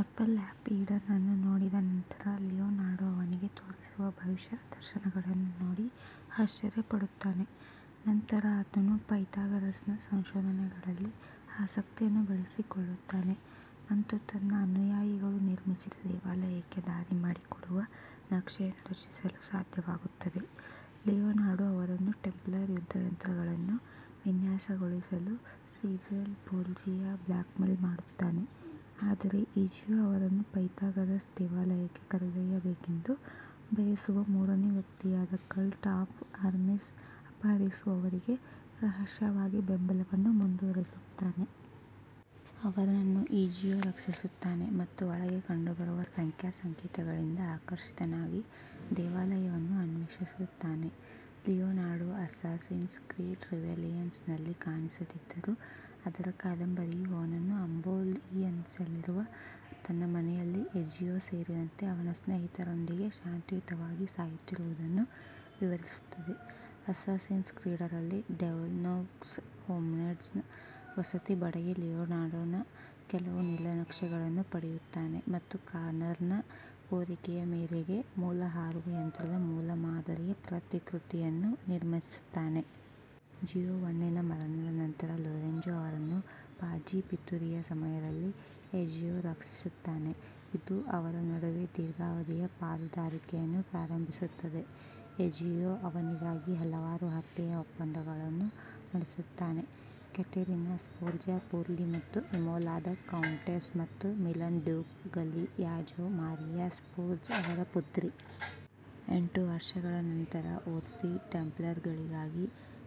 Apple of Eden ಅನ್ನು ನೋಡಿದ ನಂತರ, ಲಿಯೊನಾರ್ಡೊ ಅವನಿಗೆ ತೋರಿಸುವ ಭವಿಷ್ಯದ ದರ್ಶನಗಳನ್ನು ನೋಡಿ ಆಶ್ಚರ್ಯ ಪಡುತ್ತಾನೆ. ನಂತರ ಆತನು ಪೈಥಾಗರಸ್ನ ಸಂಶೋಧನೆಗಳಲ್ಲಿ ಆಸಕ್ತಿಯನ್ನು ಬೆಳೆಸಿಕೊಳ್ಳುತ್ತಾನೆ ಮತ್ತು ತನ್ನ ಅನುಯಾಯಿಗಳು ನಿರ್ಮಿಸಿದ ದೇವಾಲಯಕ್ಕೆ ದಾರಿ ಮಾಡಿಕೊಡುವ ನಕ್ಷೆಯನ್ನು ರಚಿಸಲು ಸಾಧ್ಯವಾಗುತ್ತದೆ. ಲಿಯೊನಾರ್ಡೊ ಅವರನ್ನು ಟೆಂಪ್ಲರ್ ಯುದ್ಧ ಯಂತ್ರಗಳನ್ನು ವಿನ್ಯಾಸಗೊಳಿಸಲು ಸಿಸೇರ್ ಬೋರ್ಜಿಯಾ ಬ್ಲ್ಯಾಕ್ಮೇಲ್ ಮಾಡುತ್ತಾನೆ, ಆದರೆ ಇಝಿಯೊ ಅವರನ್ನು ಪೈಥಾಗರಸ್ ದೇವಾಲಯಕ್ಕೆ ಕರೆದೊಯ್ಯಬೇಕೆಂದು ಬಯಸುವ ಮೂರನೇ ವ್ಯಕ್ತಿಯಾದ ಕಲ್ಟ್ ಆಫ್ ಹರ್ಮೆಸ್ ಅಪಹರಿಸುವವರೆಗೆ ರಹಸ್ಯವಾಗಿ ಬೆಂಬಲವನ್ನು ಮುಂದುವರಿಸುತ್ತಾನೆ. ಅವನನ್ನು ಈಜಿಯೊ ರಕ್ಷಿಸುತ್ತಾನೆ ಮತ್ತು ಒಳಗೆ ಕಂಡುಬರುವ ಸಂಖ್ಯಾ ಸಂಕೇತಗಳಿಂದ ಆಕರ್ಷಿತನಾಗಿ ದೇವಾಲಯವನ್ನು ಅನ್ವೇಷಿಸುತ್ತಾನೆ. ಲಿಯೊನಾರ್ಡೊ ಅಸ್ಸಾಸಿನ್ಸ್ ಕ್ರೀಡ್ಃ ರಿವಿಲೇಷನ್ಸ್ ನಲ್ಲಿ ಕಾಣಿಸದಿದ್ದರೂ, ಅದರ ಕಾದಂಬರಿಯು ಅವನನ್ನು ಅಂಬೋಯಿಸ್ನಲ್ಲಿರುವ ತನ್ನ ಮನೆಯಲ್ಲಿ, ಎಜಿಯೊ ಸೇರಿದಂತೆ ಅವನ ಸ್ನೇಹಿತರೊಂದಿಗೆ ಶಾಂತಿಯುತವಾಗಿ ಸಾಯುತ್ತಿರುವುದನ್ನು ವಿವರಿಸುತ್ತದೆ. ಅಸ್ಸಾಸಿನ್ಸ್ ಕ್ರೀಡ್ ರಲ್ಲಿ, ಡೇವನ್ಪೋರ್ಟ್ ಹೋಮ್ಸ್ಟೆಡ್ನ ವಸತಿ ಬಡಗಿ ಲಿಯೊನಾರ್ಡೊನ ಕೆಲವು ನೀಲನಕ್ಷೆಗಳನ್ನು ಪಡೆಯುತ್ತಾನೆ ಮತ್ತು ಕಾನರ್ನ ಕೋರಿಕೆಯ ಮೇರೆಗೆ, ಮೂಲ ಹಾರುವ ಯಂತ್ರದ ಮೂಲಮಾದರಿಯ ಪ್ರತಿಕೃತಿಯನ್ನು ನಿರ್ಮಿಸುತ್ತಾನೆ. ಜಿಯೋವನ್ನಿನ ಮರಣದ ನಂತರ, ಲೊರೆಂಜೊ ಅವರನ್ನು ಪಾಜಿ ಪಿತೂರಿಯ ಸಮಯದಲ್ಲಿ ಎಜಿಯೊ ರಕ್ಷಿಸುತ್ತಾನೆ, ಇದು ಅವರ ನಡುವೆ ದೀರ್ಘಾವಧಿಯ ಪಾಲುದಾರಿಕೆಯನ್ನು ಪ್ರಾರಂಭಿಸುತ್ತದೆ, ಎಜಿಯೊ ಅವನಿಗಾಗಿ ಹಲವಾರು ಹತ್ಯೆಯ ಒಪ್ಪಂದಗಳನ್ನು ನಡೆಸುತ್ತಾನೆ. ಕ್ಯಾಟೆರಿನಾ ಸ್ಫೋರ್ಜಾ ಫೋರ್ಲಿ ಮತ್ತು ಇಮೋಲಾದ ಕೌಂಟೆಸ್ ಮತ್ತು Milan duke Galeazzo Maria Sforza ಅವರ ಪುತ್ರಿ. ಎಂಟು ವರ್ಷಗಳ ನಂತರ, ಓರ್ಸಿ ಟೆಂಪ್ಲರ್ಗಳಿಗಾಗಿ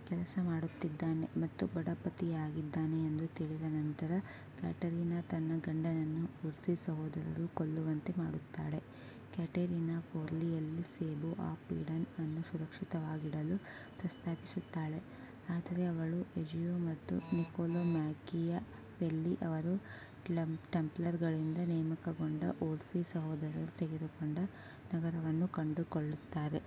ಕೆಲಸ ಮಾಡುತ್ತಿದ್ದಾನೆ ಮತ್ತು ಬಡ ಪತಿಯಾಗಿದ್ದಾನೆ ಎಂದು ತಿಳಿದ ನಂತರ ಕ್ಯಾಟರಿನಾ ತನ್ನ ಗಂಡನನ್ನು ಓರ್ಸಿ ಸಹೋದರರು ಕೊಲ್ಲುವಂತೆ ಮಾಡುತ್ತಾಳೆ. ಕ್ಯಾಟೆರಿನಾ ಫೋರ್ಲಿಯಲ್ಲಿ ಸೇಬು ಆಫ್ ಈಡನ್ ಅನ್ನು ಸುರಕ್ಷಿತವಾಗಿಡಲು ಪ್ರಸ್ತಾಪಿಸುತ್ತಾಳೆ, ಆದರೆ ಅವಳು, ಎಜಿಯೊ ಮತ್ತು ನಿಕೊಲೊ ಮ್ಯಾಕಿಯಾವೆಲ್ಲಿ ಅವರು ಟೆಂಪ್ಲರ್ಗಳಿಂದ ನೇಮಕಗೊಂಡ ಓರ್ಸಿ ಸಹೋದರರು ತೆಗೆದುಕೊಂಡ ನಗರವನ್ನು ಕಂಡುಕೊಳ್ಳುತ್ತಾರೆ.